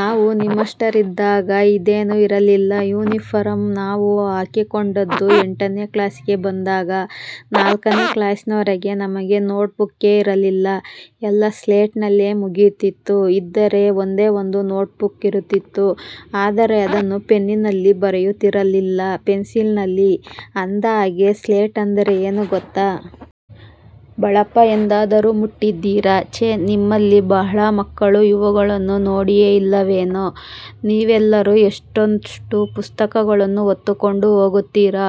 ನಾವು ನಿಮ್ಮಷ್ಟರಿದ್ದಾಗ ಇದೇನು ಇರಲಿಲ್ಲ. ಯೂನಿಫಾರಮ್ ನಾವು ಹಾಕಿಕೊಂಡದ್ದು ಎಂಟನೆ ಕ್ಲಾಸಿಗೆ ಬಂದಾಗ, ನಾಲ್ಕನೇ ಕ್ಲಾಸಿನವರಗೆ ನಮಗೆ ನೋಟ್ ಬುಕ್ಕೇ ಇರಲಿಲ್ಲ. ಎಲ್ಲಾ ಸ್ಲೇಟ್ ನಲ್ಲೇ ಮುಗಿಯುತಿತ್ತು. ಇದ್ದರೆ ಒಂದೇ ಒಂದು ನೋಟ್ ಬುಕ್ ಇರುತಿತ್ತು. ಆದರೆ ಅದನ್ನು ಪೆನ್ನಿನಲ್ಲಿ ಬರೆಯುತ್ತಿರಲಿಲ್ಲ, ಪೆನ್ಸಿಲಿನಲ್ಲಿ. ಅಂದಹಾಗೆ ಸ್ಲೇಟು ಅಂದರೆ ಏನು ಗೊತ್ತಾ? ಬಳಪ ಎಂದಾದರು ಮುಟ್ಟಿದ್ದೀರಾ? ಛೇ ನಿಮ್ಮಲ್ಲಿ ಬಹಳ ಮಕ್ಕಳು ಇವುಗಳನ್ನು ನೋಡಿಯೇ ಇಲ್ಲವೇನೊ? ನೀವೆಲ್ಲಾ ಎಷ್ಟೆಷ್ಟು ಪುಸ್ತಕಗಳನ್ನು ಹೊತ್ತಿಕೊಂಡು ಹೋಗುತ್ತೀರಾ,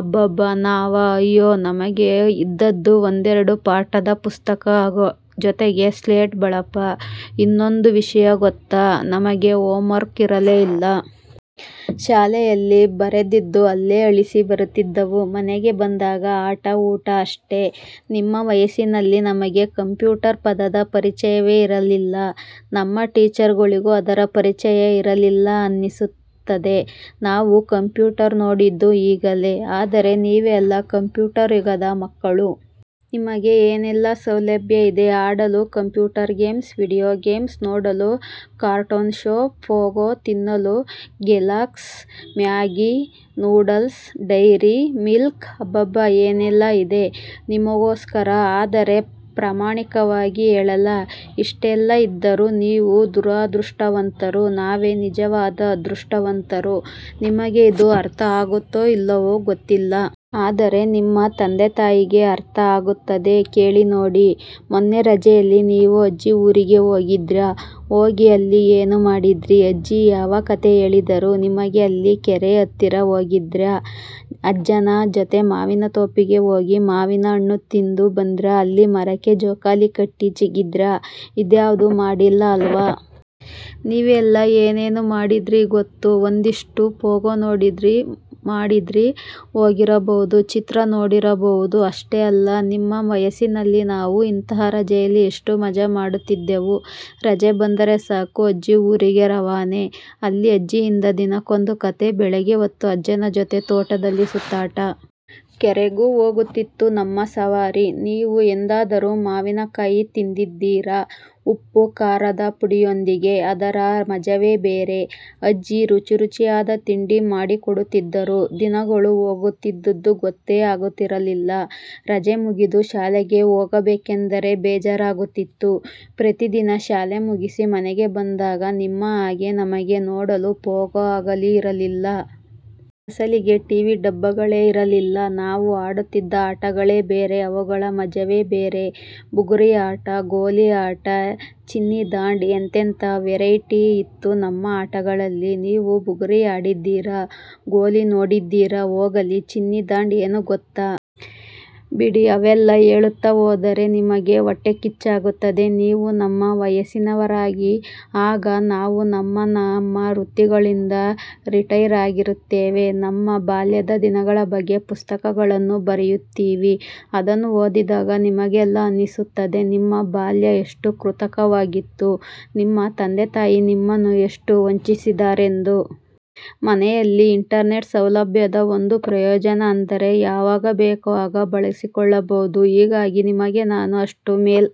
ಅಬ್ಬಬ್ಬಾ! ನಾವಾ ಅಯ್ಯೋ, ನಮಗೆ ಇದ್ದದ್ದು ಒಂದೆರಡು ಪಾಠದ ಪುಸ್ತಕ ಜೊತೆಗೆ ಸ್ಲೇಟು ಬಳಪ. ಇನ್ನೊಂದು ವಿಷಯ ಗೊತ್ತ ನಮಗೆ ಹೋಮ್ ವರ್ಕ್ ಇರಲೇ ಇಲ್ಲ. ಶಾಲೆಯಲ್ಲಿ ಬರೆದಿದ್ದು ಅಲ್ಲೆ ಅಳಿಸಿ ಬರುತ್ತಿದ್ದೆವು. ಮನೆಗೆ ಬಂದಾಗ ಆಟ ಊಟ ಅಷ್ಟೆ. ನಿಮ್ಮ ವಯಸ್ಸಿನಲ್ಲಿ ನಮಗೆ 'ಕಂಪ್ಯೂಟರ್' ಪದದ ಪರಿಚಯವೇ ಇರಲಿಲ್ಲ. ನಮ್ಮ ಟೀಚರ್ ಗಳಿಗೂ ಅದರ ಪರಿಚಯ ಇರಲಿಲ್ಲ ಅನ್ನಿಸುತ್ತೆ. ನಾವು ಕಂಪ್ಯೂಟರ್ ನೋಡಿದ್ದು ಈಗಲೇ. ಆದರೆ ನೀವೆಲ್ಲ ಕಂಪ್ಯೂಟರ್ ಯುಗದ ಮಕ್ಕಳು. ನಿಮಗೆ ಏನೆಲ್ಲಾ ಸೌಲಭ್ಯ ಇದೆ. ಆಡಲು ಕಂಪ್ಯೂಟರ್ ಗೇಮ್ಸ್, ವೀಡಿಯೋ ಗೇಮ್ಸ್, ನೋಡಲು ಕಾರ್ಟೂನ್ ಶೊ, ಪೋಗೊ, ತಿನ್ನಲು ಕೆಲಾಗ್ಸ್, ಮ್ಯಾಗಿ ನೂಡಲ್ಸ್, ಡೈರಿ ಮಿಲ್ಕ್ಅಬ್ಬಬ್ಬಾ, ಏನೆಲ್ಲಾ ಇದೆ 'ನಿಮಗೋಸ್ಕರ'? ಆದರೆ ಪ್ರಾಮಾಣಿಕವಾಗಿ ಹೇಳಲಾ? ಇಷ್ಟೆಲ್ಲಾ ಇದ್ದರು ನೀವು ದುರಾದೃಷ್ಟವಂತರು ನಾವೆ ನಿಜವಾದ ಅದೃಷ್ಟವಂತರು. ನಿಮಗೆ ಇದು ಅರ್ಥ ಆಗುತ್ತೋ ಇಲ್ಲವೋ ಗೊತ್ತಿಲ್ಲ. ಆದರೆ ನಿಮ್ಮ ತಂದೆ-ತಾಯಿಗೆ ಅರ್ಥ ಆಗುತ್ತೆ, ಕೇಳಿ ನೋಡಿ. ಮೊನ್ನೆ ರಜೆಯಲ್ಲಿ ನೀವು ಅಜ್ಜಿ ಊರಿಗೆ ಹೋಗಿದ್ರಾ? ಹೋಗಿ ಅಲ್ಲಿ ಏನ್ ಮಾಡಿದ್ರಿ? ಅಜ್ಜಿ ಯಾವ ಕತೆ ಹೇಳಿದರು ನಿಮಗೆ? ಅಲ್ಲಿ ಕೆರೆ ಹತ್ತಿರ ಹೋಗಿದ್ರಾ? ಅಜ್ಜನ ಜತೆ ಮಾವಿನ ತೋಪಿಗೆ ಹೋಗಿ ಮಾವಿನ ಹಣ್ಣು ತಿಂದು ಬಂದಿರಾ ಅಲ್ಲಿ ಮರಕ್ಕೆ ಜೋಕಾಲಿ ಕಟ್ಟಿ ಜೀಕಿದ್ರಾ ಇದ್ಯಾವುದು ಮಾಡಿಲ್ಲ ಅಲ್ವಾ? ನೀವೆಲ್ಲ ಏನೇನು ಮಾಡಿದ್ರಿ ಗೊತ್ತು. ಒಂದಿಷ್ಟು ಪೊಗೊ ನೋಡಿದ್ರಿ, ಮಾಡಿದ್ರಿ, ಹೋಗಿರಬಹುದು, ಚಿತ್ರ ನೋಡಿರಬಹುದು. ಅಷ್ಟೆ ಅಲ್ವಾ ನಿಮ್ಮ ವಯಸ್ಸಿನಲ್ಲಿ ನಾವು ಇಂತಹ ರಜೆಯಲ್ಲಿ ಎಷ್ಟು ಮಜಾ ಮಾಡುತ್ತಿದ್ದೆವು. ರಜೆ ಬಂದರೆ ಸಾಕು, ಅಜ್ಜಿ ಊರಿಗೆ ರವಾನೆ. ಅಲ್ಲಿ ಅಜ್ಜಿಯಿಂದ ದಿನಕ್ಕೊಂದು ಕತೆ. ಬೆಳಿಗ್ಗೆ ಹೊತ್ತು ಅಜ್ಜನ ಜೊತೆ ತೋಟದಲ್ಲಿ ಸುತ್ತಾಟ. ಕೆರೆಗೂ ಹೋಗುತಿತ್ತು ನಮ್ಮ ಸವಾರಿ. ನೀವು ಎಂದಾದರು ಮಾವಿನ ಕಾಯಿ ತಿಂದಿದ್ದೀರಾ, ಉಪ್ಪು ಖಾರದ ಪುಡಿಯೊಂದಿಗೆ? ಅದರ ಮಜವೇ ಬೇರೆ. ಅಜ್ಜಿ ರುಚಿ ರುಚಿಯಾದ ತಿಂಡಿ ಮಾಡಿಕೊಡುತ್ತಿದ್ದರು. ದಿನಗಳು ಹೋಗುತ್ತಿದ್ದದ್ದು ಗೊತ್ತೇ ಆಗುತ್ತಿರಲಿಲ್ಲ. ರಜೆ ಮುಗಿದು ಶಾಲೆಗೆ ಹೋಗಬೇಕೆಂದರೇ ಬೇಜಾರಾಗುತಿತ್ತು. ಪ್ರತಿದಿನ ಶಾಲೆ ಮುಗಿಸಿ ಮನೆಗೆ ಬಂದಾಗ ನಿಮ್ಮ ಹಾಗೆ ನಮಗೆ ನೋಡಲು ಪೊಗೊ ಆಗಲಿ, ಆಗಲಿ ಇರಲಿಲ್ಲ. ಅಸಲಿಗೆ ಟಿ ವಿ ಡಬ್ಬಗಳೇ ಇರಲಿಲ್ಲ. ನಾವು ಆಡುತ್ತಿದ್ದ ಆಟಗಳೇ ಬೇರೆ ಅವುಗಳ ಮಜವೇ ಬೇರೆ. ಬುಗುರಿ ಆಟ, ಗೋಲಿ ಆಟ, ಚಿಣ್ಣಿ ದಾಂಡು. ಎಂತೆಂಥಾ ವೆರೈಟಿ ಇತ್ತು ನಮ್ಮ ಆಟಗಳಲ್ಲಿ ನೀವು ಬುಗುರಿ ಆಡಿದ್ದೀರಾ? ಗೋಲಿ ನೋಡಿದ್ದೀರಾ? ಹೋಗಲಿ, ಚಿನ್ನಿ ದಾಂಡು ಏನು ಗೊತ್ತಾ? ಬಿಡಿ, ಅವೆಲ್ಲಾ ಹೇಳುತ್ತಾ ಹೋದರೆ ನಿಮಗೆ ಹೋಟ್ಟೆಕಿಚ್ಚಾಗುತ್ತೆ. ನೀವೂ ನಮ್ಮ ವಯಸ್ಸಿನವರಾಗಿ. ಆಗ ನಾವು ನಮ್ಮ ನಮ್ಮ ವೃತ್ತಿಗಳಿಂದ ರಿಟೈರ್ ಆಗಿರುತ್ತೇವೆ. ನಮ್ಮ ಬಾಲ್ಯದ ದಿನಗಳ ಬಗ್ಗೆ ಪುಸ್ತಕಗಳನ್ನು ಬರೆಯುತ್ತೀವಿ ಅದನ್ನು ಓದಿದಾಗ ನಿಮಗೆಲ್ಲಾ ಅನ್ನಿಸುತ್ತೆ, ನಿಮ್ಮ ಬಾಲ್ಯ ಎಷ್ಟು ಕೃತಕವಾಗಿತ್ತು, ನಿಮ್ಮ ತಂದೆ ತಾಯಿ ನಿಮ್ಮನ್ನು ಎಷ್ಟು 'ವಂಚಿಸಿ'ದ್ದಾರೆಂದು! ಮನೆಯಲ್ಲಿ ಇಂಟರ್ನೆಟ್ ಸೌಲಭ್ಯದ ಒಂದು ಪ್ರಯೋಜನ ಅಂದರೆ ಯಾವಾಗ ಬೇಕು ಆಗ ಬಳಸಿಕೊಳ್ಳಬಹುದು. ಹೀಗಾಗಿ ನಿನಗೆ ನಾನು ಅಷ್ಟು ಮೇಲ್